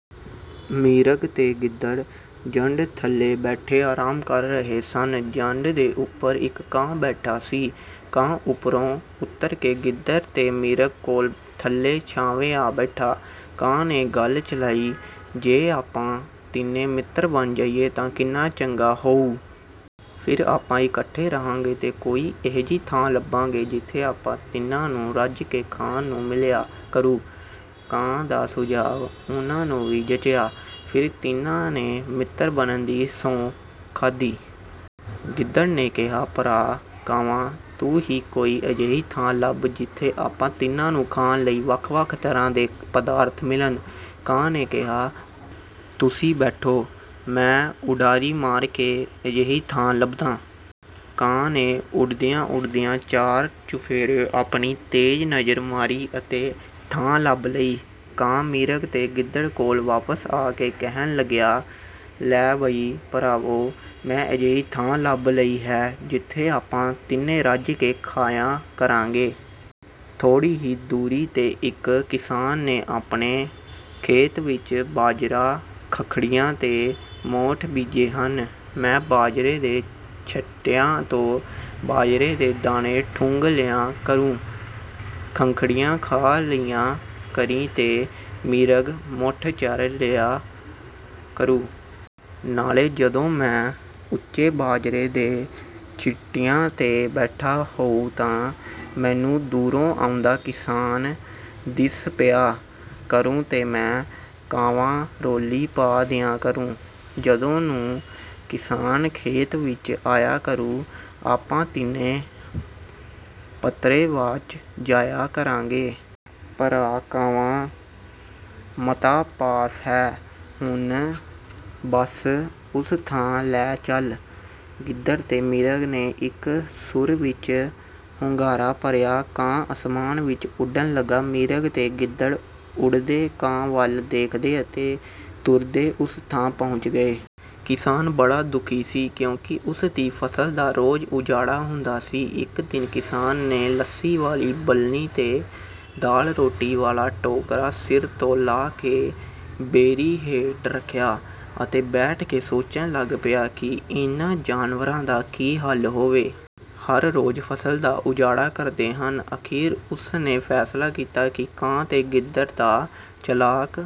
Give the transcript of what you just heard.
ਮਿਰਗ ਤੇ ਗਿੱਦੜ ਜੰਡ ਥੱਲੇ ਬੈਠੇ ਆਰਾਮ ਕਰ ਰਹੇ ਸਨ। ਜੰਡ ਦੇ ਉੱਪਰ ਇੱਕ ਕਾਂ ਬੈਠਾ ਸੀ। ਕਾਂ ਉੱਪਰੋਂ ਉੱਤਰ ਕੇ ਗਿੱਦੜ ਤੇ ਮਿਰਗ ਕੋਲ ਥੱਲੇ ਛਾਵੇਂ ਆ ਬੈਠਾ। ਕਾਂ ਨੇ ਗੱਲ ਚਲਾਈ, ''ਜੇ ਆਪਾਂ ਤਿੰਨੇ ਮਿੱਤਰ ਬਣ ਜਾਈਏ ਤਾਂ ਕਿੰਨਾ ਚੰਗਾ ਹੋਊ। ਫਿਰ ਆਪਾਂ ਇਕੱਠੇ ਰਹਾਂਗੇ ਤੇ ਕੋਈ ਅਜਿਹੀ ਥਾਂ ਲੱਭਾਂਗੇ, ਜਿੱਥੇ ਆਪਾਂ ਤਿੰਨਾਂ ਨੂੰ ਰੱਜ ਕੇ ਖਾਣ ਨੂੰ ਮਿਲਿਆ ਕਰੂ।'' ਕਾਂ ਦਾ ਸੁਝਾਅ ਉਨ੍ਹਾਂ ਨੂੰ ਵੀ ਜਚਿਆ। ਫਿਰ ਤਿੰਨਾਂ ਨੇ ਮਿੱਤਰ ਬਣਨ ਦੀ ਸਹੁੰ ਖਾਧੀ। ਗਿੱਦੜ ਨੇ ਕਿਹਾ, ''ਭਰਾ ਕਾਵਾਂ, ਤੂੰ ਹੀ ਕੋਈ ਅਜਿਹੀ ਥਾਂ ਲੱਭ, ਜਿੱਥੇ ਆਪਾਂ ਤਿੰਨਾਂ ਨੂੰ ਖਾਣ ਲਈ ਵੱਖ-ਵੱਖ ਤਰ੍ਹਾਂ ਦੇ ਪਦਾਰਥ ਮਿਲਣ।'' ਕਾਂ ਨੇ ਕਿਹਾ, ''ਤੁਸੀਂ ਬੈਠੋ, ਮੈਂ ਉਡਾਰੀ ਮਾਰ ਕੇ ਅਜਿਹੀ ਥਾਂ ਲੱਭਦਾਂ।'' ਕਾਂ ਨੇ ਉੱਡਦਿਆਂ-ਉੱਡਦਿਆਂ ਚਾਰ-ਚੁਫੇਰੇ ਆਪਣੀ ਤੇਜ਼ ਨਜ਼ਰ ਮਾਰੀ ਅਤੇ ਥਾਂ ਲੱਭ ਲਈ। ਕਾਂ, ਮਿਰਗ ਤੇ ਗਿੱਦੜ ਕੋਲ ਵਾਪਸ ਆ ਕੇ ਕਹਿਣ ਲੱਗਿਆ, ''ਲੈ ਬਈ ਭਰਾਵੋਂ! ਮੈਂ ਅਜਿਹੀ ਥਾਂ ਲੱਭ ਲਈ ਹੈ, ਜਿੱਥੇ ਆਪਾਂ ਤਿੰਨੇ ਰੱਜ ਕੇ ਖਾਇਆ ਕਰਾਂਗੇ। ਥੋੜ੍ਹੀ ਹੀ ਦੂਰੀ 'ਤੇ ਇੱਕ ਕਿਸਾਨ ਨੇ ਆਪਣੇ ਖੇਤ ਵਿੱਚ ਬਾਜਰਾ, ਖੱਖੜੀਆਂ ਤੇ ਮੋਠ ਬੀਜੇ ਹਨ। ਮੈਂ ਬਾਜਰੇ ਦੇ ਛਿੱਟਿਆਂ ਤੋਂ ਬਾਜਰੇ ਦੇ ਦਾਣੇ ਠੁੰਗ ਲਿਆ ਕਰੂੰ, ਖੱਖੜੀਆਂ ਖਾ ਲਿਆ ਕਰੀਂ ਤੇ ਮਿਰਗ ਮੋਠ ਚਰ ਲਿਆ ਕਰੂ। ਨਾਲੇ ਜਦੋਂ ਮੈਂ ਉੱਚੇ ਬਾਜਰੇ ਦੇ ਛਿੱਟਿਆਂ 'ਤੇ ਬੈਠਾ ਹੋਊਂ ਤਾਂ ਮੈਨੂੰ ਦੂਰੋਂ ਆਉਂਦਾ ਕਿਸਾਨ ਦਿਸ ਪਿਆ ਕਰੂ ਤੇ ਮੈਂ ਕਾਵਾਂ-ਰੌਲੀ ਪਾ ਦਿਆਂ ਕਰੂੰ। ਜਦੋਂ ਨੂੰ ਕਿਸਾਨ ਖੇਤ ਵਿੱਚ ਆਇਆ ਕਰੂ, ਆਪਾਂ ਤਿੰਨੇ ਪੱਤਰੇ ਵਾਚ ਜਾਇਆ ਕਰਾਂਗੇ।" ''ਭਰਾ ਕਾਵਾਂ, ਮਤਾ ਪਾਸ ਹੈ, ਹੁਣ ਬਸ ਉਸ ਥਾਂ ਲੈ ਚੱਲ।'' ਗਿੱਦੜ ਤੇ ਮਿਰਗ ਨੇ ਇੱਕ ਸੁਰ ਵਿੱਚ ਹੁੰਗਾਰਾ ਭਰਿਆ। ਕਾਂ ਅਸਮਾਨ ਵਿੱਚ ਉੱਡਣ ਲੱਗਾ। ਮਿਰਗ ਤੇ ਗਿੱਦੜ ਉੱਡਦੇ ਕਾਂ ਵੱਲ ਦੇਖਦੇ ਅਤੇ ਤੁਰਦੇ ਉਸ ਥਾਂ ਪਹੁੰਚ ਗਏ। ਕਿਸਾਨ ਬੜਾ ਦੁਖੀ ਸੀ, ਕਿਉਂਕਿ ਉਸ ਦੀ ਫ਼ਸਲ ਦਾ ਰੋਜ਼ ਉਜਾੜਾ ਹੁੰਦਾ ਸੀ। ਇੱਕ ਦਿਨ ਕਿਸਾਨ ਨੇ ਲੱਸੀ ਵਾਲੀ ਬਲਣੀ ਤੇ ਦਾਲ-ਰੋਟੀ ਵਾਲਾ ਟੋਕਰਾ ਸਿਰ ਤੋਂ ਲਾਹ ਕੇ ਬੇਰੀ ਹੇਠ ਰੱਖਿਆ ਅਤੇ ਬੈਠ ਕੇ ਸੋਚਣ ਲੱਗ ਪਿਆ ਕਿ ਇਨ੍ਹਾਂ ਜਾਨਵਰਾਂ ਦਾ ਕੀ ਹੱਲ ਹੋਵੇ? ਹਰ ਰੋਜ਼ ਫ਼ਸਲ ਦਾ ਉਜਾੜਾ ਕਰਦੇ ਹਨ। ਅਖੀਰ ਉਸ ਨੇ ਫ਼ੈਸਲਾ ਕੀਤਾ ਕਿ ਕਾਂ ਤੇ ਗਿੱਦੜ ਤਾਂ ਚਲਾਕ...